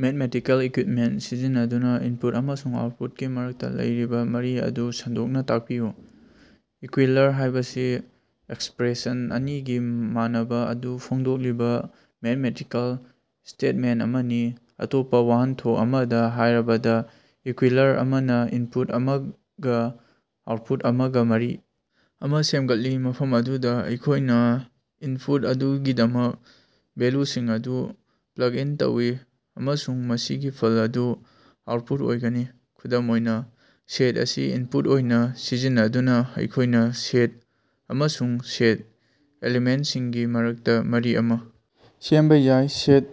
Mathematical equipment ꯁꯤꯖꯤꯟꯅꯗꯨꯅꯥ input ꯑꯃꯁꯨꯡ ꯑꯥꯎꯠꯄꯨꯠꯀꯤ ꯃꯔꯛꯇꯥ ꯂꯩꯔꯤꯕꯥ ꯃꯔꯤ ꯑꯗꯨ ꯁꯟꯗꯣꯛꯅꯥ ꯇꯥꯛꯄꯤꯌꯨ꯫ ꯏꯀ꯭ꯌꯨꯏꯂꯔ ꯍꯥꯏꯕꯁꯤ ꯑꯦꯛꯁꯄ꯭ꯔꯦꯁꯟ ꯑꯅꯤꯒꯤ ꯃꯥꯟꯅꯕꯥ ꯑꯗꯨ ꯐꯣꯡꯗꯣꯛꯂꯤꯕꯥ ꯃꯦꯠꯃꯦꯇꯤꯀꯦꯜ ꯁ꯭ꯇꯦꯠꯃꯦꯟꯇ ꯑꯃꯅꯤ꯫ ꯑꯇꯣꯞꯄꯥ ꯋꯥꯍꯟꯊꯣꯛ ꯑꯃꯗꯥ ꯍꯥꯏꯔꯕꯗꯥ, ꯏꯀ꯭ꯌꯨꯏꯂꯔ ꯑꯃꯅꯥ ꯏꯟꯄꯨꯠ ꯑꯃꯒꯥ ꯑꯥꯎꯠꯄꯨꯠ ꯑꯃꯒꯥ ꯃꯔꯤ ꯑꯃꯥ ꯁꯦꯝꯒꯠꯂꯤ, ꯃꯐꯝ ꯑꯗꯨꯗꯥ ꯑꯩꯈꯣꯏꯅꯥ ꯏꯟꯄꯨꯠ ꯑꯗꯨꯒꯤꯗꯃꯛ ꯚꯦꯜꯂꯨꯁꯤꯡ ꯑꯗꯨ ꯄ꯭ꯂꯛ ꯏꯟ ꯇꯧꯏ ꯑꯃꯁꯨꯡ ꯃꯁꯤꯒꯤ ꯐꯜ ꯑꯗꯨ ꯑꯥꯎꯠꯄꯨꯠ ꯑꯣꯏꯒꯅꯤ꯫ ꯈꯨꯗꯝ ꯑꯣꯏꯅꯥ, ꯁꯦꯠ ꯑꯁꯤ ꯏꯟꯄꯨꯠ ꯑꯣꯏꯅꯥ ꯁꯤꯖꯤꯟꯅꯗꯨꯅꯥ ꯑꯩꯈꯣꯏꯅꯥ ꯁꯦꯠ ꯑꯃꯁꯨꯡ ꯁꯦꯠ ꯑꯦꯂꯤꯃꯦꯟꯇꯁꯤꯡꯒꯤ ꯃꯔꯛꯇꯥ ꯃꯔꯤ ꯑꯃꯥ ꯁꯦꯝꯕꯥ ꯌꯥꯏ, ꯁꯦꯠ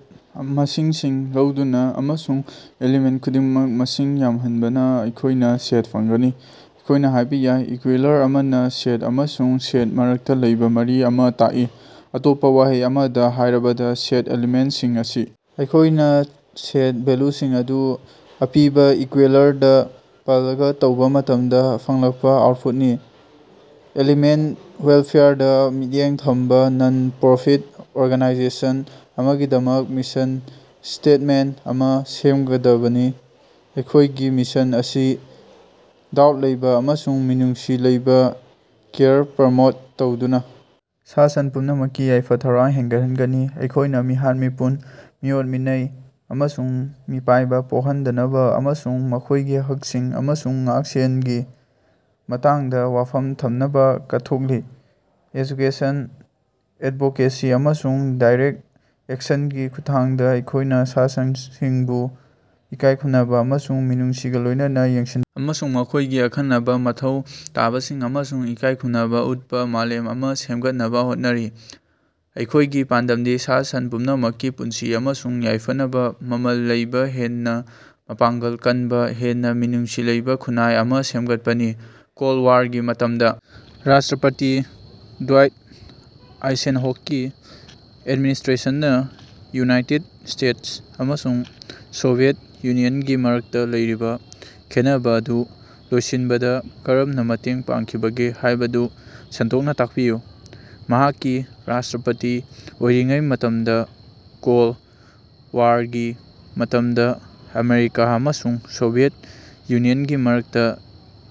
ꯃꯁꯤꯡꯁꯤꯡ ꯂꯧꯗꯨꯅꯥ ꯑꯃꯁꯨꯡ ꯑꯦꯂꯤꯃꯦꯟ ꯈꯨꯗꯤꯡꯃꯛ ꯃꯁꯤꯡ ꯌꯥꯝꯍꯟꯕꯅꯥ ꯑꯩꯈꯣꯏꯅꯥ ꯁꯦꯠ ꯐꯪꯒꯅꯤ꯫ ꯑꯩꯈꯣꯏꯅꯥ ꯍꯥꯏꯕ ꯌꯥꯏ ꯏꯀ꯭ꯌꯨꯏꯂꯔ ꯑꯃꯥꯅ ꯁꯦꯠ ꯑꯃꯁꯨꯡ ꯁꯦꯠ ꯃꯔꯛꯇꯥ ꯂꯩꯕꯥ ꯃꯔꯤ ꯑꯃꯥ ꯇꯥꯛꯏ, ꯑꯇꯣꯞꯄꯥ ꯋꯥꯍꯩ ꯑꯃꯗꯥ ꯍꯥꯏꯔꯕꯗꯥ, ꯁꯦꯠ ꯑꯦꯂꯤꯃꯦꯟꯁꯤꯡ ꯑꯁꯤ ꯑꯩꯈꯣꯏꯅꯥ ꯁꯦꯠ ꯚꯦꯜꯂꯨꯁꯤꯡ ꯑꯗꯨ ꯑꯄꯤꯕꯥ ꯏꯀ꯭ꯌꯨꯏꯂꯔꯗꯥ ꯄ꯭ꯂꯒ ꯇꯧꯕꯥ ꯃꯇꯝꯗꯥ ꯐꯪꯂꯛꯄꯥ ꯑꯥꯎꯠꯄꯨꯠꯅꯤ꯫ ꯑꯦꯅꯤꯃꯦꯜ ꯋꯦꯜꯐꯦꯌꯔꯗꯥ ꯃꯤꯠꯌꯦꯡ ꯊꯝꯕꯥ ꯅꯟ-ꯄ꯭ꯔꯣꯐꯤꯠ ꯑꯣꯔꯒꯥꯅꯥꯏꯖꯦꯁꯟ ꯑꯃꯒꯤꯗꯃꯛ ꯃꯤꯁꯟ ꯁ꯭ꯇꯦꯠꯃꯦꯟꯇ ꯑꯃꯥ ꯁꯦꯝꯒꯗꯅꯤ꯫ ꯑꯩꯈꯣꯏꯒꯤ ꯃꯤꯁꯟ ꯑꯁꯤ ꯗꯥꯎꯠ ꯂꯩꯕꯥ ꯑꯃꯁꯨꯡ ꯃꯤꯅꯨꯡꯁꯤ ꯂꯩꯕꯥ ꯀꯦꯌꯔ ꯄ꯭ꯔꯃꯣꯠ ꯇꯧꯗꯨꯅꯥ ꯁꯥ-ꯁꯟ ꯄꯨꯝꯅꯃꯛꯀꯤ ꯌꯥꯏꯐ-ꯊꯧꯔꯥꯡ ꯍꯦꯟꯒꯠꯍꯟꯒꯅꯤ꯫ ꯑꯩꯈꯣꯏꯅꯥ ꯃꯤꯍꯥꯠ-ꯃꯤꯄꯨꯟ, ꯃꯤꯑꯣꯠ-ꯃꯤꯅꯩ, ꯑꯃꯁꯨꯡ ꯃꯤꯄꯥꯏꯕꯥ ꯄꯣꯛꯍꯟꯗꯅꯕꯥ ꯑꯃꯁꯨꯡ ꯃꯈꯣꯏꯒꯤ ꯍꯛꯁꯤꯡ ꯑꯃꯁꯨꯡ ꯉꯥꯛꯁꯦꯜꯒꯤ ꯃꯇꯥꯡꯗꯥ ꯋꯥꯐꯝ ꯊꯝꯅꯕꯥ ꯀꯠꯊꯣꯛꯂꯤ꯫ ꯑꯦꯖꯨꯀꯦꯁꯟ, ꯑꯦꯠꯚꯣꯀꯦꯁꯤ ꯑꯃꯁꯨꯡ ꯗꯥꯏꯔꯦꯛ ꯑꯦꯛꯁꯟꯒꯤ ꯈꯨꯠꯊꯥꯡꯗꯥ ꯑꯩꯈꯣꯏꯅꯥ ꯁꯥ-ꯁꯟꯁꯤꯡꯕꯨ ꯏꯀꯥꯏ ꯈꯨꯝꯅꯕꯥ ꯑꯃꯁꯨꯡ ꯃꯤꯅꯨꯡꯁꯤꯒꯥ ꯂꯣꯏꯅꯅꯥ ꯌꯦꯡꯁꯤꯟꯕꯥ ꯑꯃꯁꯨꯡ ꯃꯈꯣꯏꯒꯤ ꯑꯈꯟꯅꯕꯥ ꯃꯊꯧ ꯇꯥꯕꯁꯤꯡ ꯑꯃꯁꯨꯡ ꯏꯀꯥꯏꯈꯨꯝꯅꯕꯥ ꯎꯠꯄꯥ ꯃꯥꯂꯦꯝ ꯑꯃꯥ ꯁꯦꯝꯒꯠꯅꯕꯥ ꯍꯣꯠꯅꯔꯤ꯫ ꯑꯩꯈꯣꯏꯒꯤ ꯄꯥꯟꯗꯝꯗꯤ ꯁꯥ-ꯁꯟ ꯄꯨꯝꯅꯃꯛꯀꯤ ꯄꯨꯟꯁꯤ ꯑꯃꯁꯨꯡ ꯌꯥꯏꯐꯅꯕꯥ ꯃꯃꯜ ꯂꯩꯕꯥ ꯍꯦꯟꯅꯥ ꯃꯄꯥꯡꯒꯜ ꯀꯟꯕꯥ, ꯍꯦꯟꯅꯥ ꯃꯤꯅꯨꯡꯁꯤ ꯂꯩꯕꯥ ꯈꯨꯟꯅꯥꯏ ꯑꯃꯥ ꯁꯦꯝꯒꯠꯄꯅꯤ꯫ ꯀꯣꯜꯗ ꯋꯥꯔꯒꯤ ꯃꯇꯝꯗꯥ ꯔꯥꯁꯇ꯭ꯔꯄꯇꯤ ꯗ꯭ꯋꯥꯏꯠ ꯑꯥꯏꯁꯦꯟꯍꯣꯛꯀꯤ ꯑꯦꯠꯃꯤꯅꯤꯁꯇ꯭ꯔꯦꯁꯟꯅꯥ ꯌꯨꯅꯥꯏꯇꯦꯠ ꯁ꯭ꯇꯦꯠꯁ ꯑꯃꯁꯨꯡ ꯁꯣꯚꯤꯌꯦꯠ ꯌꯨꯅꯤꯌꯟꯒꯤ ꯃꯔꯛꯇꯥ ꯂꯩꯔꯤꯕꯥ ꯈꯦꯟꯅꯕꯥ ꯑꯗꯨ ꯂꯣꯏꯁꯤꯟꯕꯗꯥ ꯀꯔꯝꯅꯥ ꯃꯇꯦꯡ ꯄꯥꯡꯈꯤꯕꯒꯦ ꯍꯥꯏꯕꯗꯨ ꯁꯟꯗꯣꯛꯅꯥ ꯇꯥꯛꯄꯤꯌꯨ꯫ ꯃꯍꯥꯛꯀꯤ ꯔꯥꯁꯇ꯭ꯔꯄꯇꯤ ꯑꯣꯏꯔꯤꯉꯩ ꯃꯇꯝꯗꯥ ꯀꯣꯜ ꯋꯥꯔꯒꯤ ꯃꯇꯝꯗꯥ ꯑꯃꯦꯔꯤꯀꯥ ꯑꯃꯁꯨꯡ ꯁꯣꯚꯤꯌꯦꯠ ꯌꯨꯅꯤꯌꯟꯒꯤ ꯃꯔꯛꯇꯥ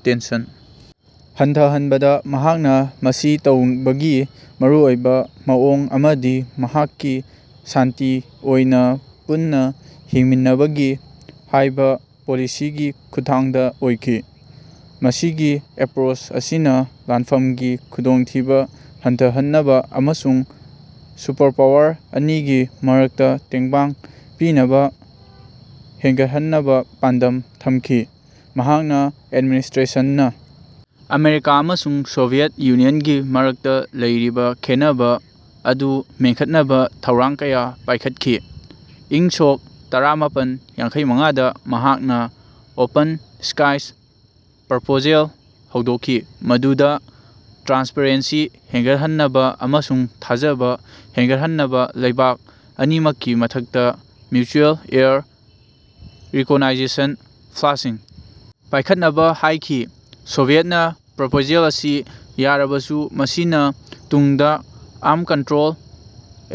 ꯇꯦꯟꯁꯟ ꯍꯟꯊꯍꯟꯕꯗꯥ ꯃꯍꯥꯛꯅꯥ ꯃꯁꯤ ꯇꯧꯕꯒꯤ ꯃꯔꯨꯑꯣꯏꯕꯥ ꯃꯑꯣꯡ ꯑꯃꯗꯤ ꯃꯍꯥꯛꯀꯤ ꯁꯥꯟꯇꯤ ꯑꯣꯏꯅꯥ ꯄꯨꯟꯅꯥ ꯍꯤꯡꯃꯤꯟꯅꯕꯒꯤ ꯍꯥꯏꯕ ꯄꯣꯂꯤꯁꯤꯒꯤ ꯈꯨꯠꯊꯥꯡꯗꯥ ꯑꯣꯏꯈꯤ꯫ ꯃꯁꯤꯒꯤ ꯑꯦꯄ꯭ꯔꯣꯆ ꯑꯁꯤꯅꯥ ꯂꯥꯟꯐꯝꯒꯤ ꯈꯨꯗꯣꯡꯊꯤꯕꯥ ꯍꯟꯊꯍꯟꯅꯕꯥ ꯑꯃꯁꯨꯡ ꯁꯨꯄꯔꯄꯥꯋꯔ ꯑꯅꯤꯒꯤ ꯃꯔꯛꯇꯥ ꯇꯦꯡꯕꯥꯡ ꯄꯤꯅꯕꯥ ꯍꯦꯟꯒꯠꯍꯟꯅꯕꯥ ꯄꯥꯟꯗꯝ ꯊꯝꯈꯤ꯫ ꯃꯍꯥꯛꯅ ꯑꯦꯠꯃꯤꯅꯤꯁꯇ꯭ꯔꯦꯁꯟꯅꯥ ꯑꯃꯦꯔꯤꯀꯥ ꯑꯃꯁꯨꯡ ꯁꯣꯚꯤꯌꯦꯠ ꯌꯨꯅꯤꯌꯟꯒꯤ ꯃꯔꯛꯇꯥ ꯂꯩꯔꯤꯕꯥ ꯈꯦꯟꯅꯕꯥ ꯑꯗꯨ ꯃꯦꯟꯈꯠꯅꯕꯥ ꯊꯧꯔꯥꯡ ꯀꯌꯥ ꯄꯥꯏꯈꯠꯈꯤ꯫ꯏꯪ ꯁꯣꯛ ꯇꯔꯥꯃꯥꯄꯟ ꯌꯥꯡꯈꯩꯃꯉꯥꯗ ꯃꯍꯥꯛꯅꯥ ꯑꯣꯄꯟ ꯁ꯭ꯀꯥꯏꯁ ꯄ꯭ꯔꯄꯣꯖꯦꯜ ꯍꯧꯗꯣꯛꯈꯤ, ꯃꯗꯨꯗꯥ ꯇ꯭ꯔꯥꯟꯁꯄꯔꯦꯟꯁꯤ ꯍꯦꯟꯒꯠꯍꯟꯅꯕꯥ ꯑꯃꯁꯨꯡ ꯊꯥꯖꯕꯥ ꯍꯦꯟꯒꯠꯍꯟꯅꯕꯥ ꯂꯩꯕꯥꯛ ꯑꯅꯤꯃꯛꯀꯤ ꯃꯊꯛꯇꯥ ꯃ꯭ꯌꯨꯆꯨꯑꯦꯜ ꯑꯦꯌꯔ ꯔꯤꯀꯣꯅꯥꯏꯖꯦꯁꯟ ꯐ꯭ꯂꯥꯏꯠꯁꯤꯡ ꯄꯥꯏꯈꯠꯅꯕꯥ ꯍꯥꯏꯈꯤ꯫ ꯁꯣꯚꯤꯌꯦꯠꯅꯥ ꯄ꯭ꯔꯄꯣꯖꯦꯜ ꯑꯁꯤ ꯌꯥꯔꯕꯁꯨ, ꯃꯁꯤꯅꯥ ꯇꯨꯡꯗꯥ ꯑꯥꯔꯝ ꯀꯟꯇ꯭ꯔꯣꯜ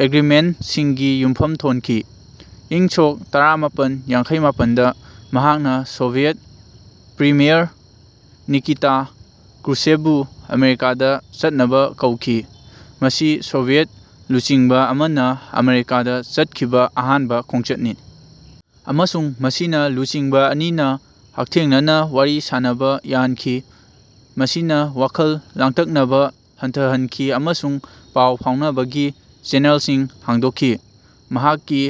ꯑꯦꯒ꯭ꯔꯤꯃꯦꯟꯇꯁꯤꯡꯒꯤ ꯌꯨꯝꯐꯝ ꯊꯣꯟꯈꯤ꯫ ꯏꯪ ꯁꯣꯛ ꯇꯔꯥꯃꯄꯟ ꯌꯥꯡꯈꯩꯃꯄꯟꯗꯥ ꯃꯍꯥꯛꯅ ꯁꯣꯚꯤꯌꯦꯠ ꯄ꯭ꯔꯤꯃꯤꯌꯔ ꯅꯤꯀꯤꯇꯥ ꯀ꯭ꯔꯨꯁꯦꯚꯕꯨ ꯑꯃꯦꯔꯤꯀꯥꯗꯥ ꯆꯠꯅꯕꯥ ꯀꯧꯈꯤ꯫ ꯃꯁꯤ ꯁꯣꯚꯤꯌꯦꯠ ꯂꯨꯆꯤꯡꯕꯥ ꯑꯃꯅꯥ ꯑꯃꯦꯔꯤꯀꯥꯗ ꯆꯠꯈꯤꯕꯥ ꯑꯍꯥꯟꯕꯥ ꯈꯣꯡꯆꯠꯅꯤ ꯑꯃꯁꯨꯡ ꯃꯁꯤꯅꯥ ꯂꯨꯆꯤꯡꯕꯥ ꯑꯅꯤꯅꯥ ꯍꯛꯊꯦꯡꯅꯅꯥ ꯋꯥꯔꯤ ꯁꯥꯅꯕꯥ ꯌꯥꯍꯟꯈꯤ, ꯃꯁꯤꯅꯥ ꯋꯥꯈꯜ ꯂꯥꯡꯇꯛꯅꯕꯥ ꯍꯟꯊꯍꯟꯈꯤ ꯑꯃꯁꯨꯡ ꯄꯥꯎ ꯐꯥꯎꯅꯕꯒꯤ ꯆꯦꯅꯦꯜꯁꯤꯡ ꯍꯥꯡꯗꯣꯛꯈꯤ꯫ ꯃꯍꯥꯛꯀꯤ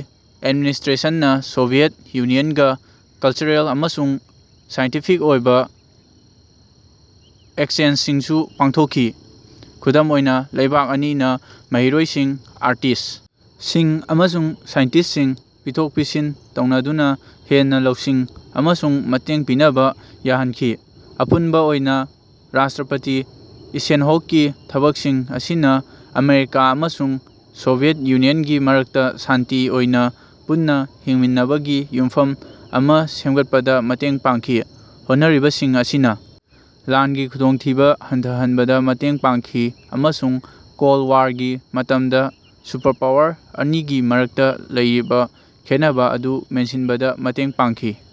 ꯑꯦꯗꯃꯤꯅꯤꯁꯇ꯭ꯔꯦꯁꯟꯅꯥ ꯁꯣꯚꯤꯌꯦꯠ ꯌꯨꯅꯤꯌꯟꯒꯥ ꯀꯜꯆꯔꯦꯜ ꯑꯃꯁꯨꯡ ꯁꯥꯏꯟꯇꯤꯐꯤꯛ ꯑꯣꯏꯕꯥ ꯑꯦꯛꯁꯆꯦꯟꯖꯁꯤꯡꯁꯨ ꯄꯥꯡꯊꯣꯛꯈꯤ꯫ ꯈꯨꯗꯝ ꯑꯣꯏꯅꯥ, ꯂꯩꯕꯥꯛ ꯑꯅꯤꯅꯥ ꯃꯍꯩꯔꯣꯏꯁꯤꯡ, ꯑꯥꯔꯇꯤꯁ ꯁꯤꯡ ꯑꯃꯁꯨꯡ ꯁꯥꯏꯟꯇꯤꯁꯁꯤꯡ ꯄꯤꯊꯣꯛ-ꯄꯤꯁꯤꯟ ꯇꯧꯅꯗꯨꯅꯥ ꯍꯦꯟꯅꯥ ꯂꯧꯁꯤꯡ ꯑꯃꯁꯨꯡ ꯃꯇꯦꯡ ꯄꯤꯅꯕꯥ ꯌꯥꯍꯟꯈꯤ꯫ ꯑꯄꯨꯟꯕꯥ ꯑꯣꯏꯅꯥ ꯔꯥꯁꯇ꯭ꯔꯄꯇꯤ ꯏꯁꯦꯟꯍꯣꯛꯀꯤ ꯊꯕꯛꯁꯤꯡ ꯑꯁꯤꯅꯥ ꯑꯃꯦꯔꯤꯀꯥ ꯑꯃꯁꯨꯡ ꯁꯣꯚꯤꯌꯦꯠ ꯌꯨꯅꯤꯌꯟꯒꯤ ꯃꯔꯛꯇꯥ ꯁꯥꯟꯇꯤ ꯑꯣꯏꯅꯥ ꯄꯨꯟꯅꯥ ꯍꯤꯡꯃꯤꯟꯅꯕꯒꯤ ꯌꯨꯝꯐꯝ ꯑꯃꯥ ꯁꯦꯝꯒꯠꯄꯗꯥ ꯃꯇꯦꯡ ꯄꯥꯡꯈꯤ꯫ ꯍꯣꯠꯅꯔꯤꯕꯁꯤꯡ ꯑꯁꯤꯅꯥ ꯂꯥꯟꯒꯤ ꯈꯨꯗꯣꯡꯊꯤꯕꯥ ꯍꯟꯊꯍꯟꯕꯗꯥ ꯃꯇꯦꯡ ꯄꯥꯡꯈꯤ ꯑꯃꯁꯨꯡ ꯀꯣꯜꯗ ꯋꯥꯔꯒꯤ ꯃꯇꯝꯗꯥ ꯁꯨꯄꯔꯄꯥꯋꯔ ꯑꯅꯤꯒꯤ ꯃꯔꯛꯇꯥ ꯂꯩꯔꯤꯕꯥ ꯈꯦꯟꯅꯕꯥ ꯑꯗꯨ ꯃꯦꯟꯁꯤꯟꯕꯗꯥ ꯃꯇꯦꯡ ꯄꯥꯡꯈꯤ꯫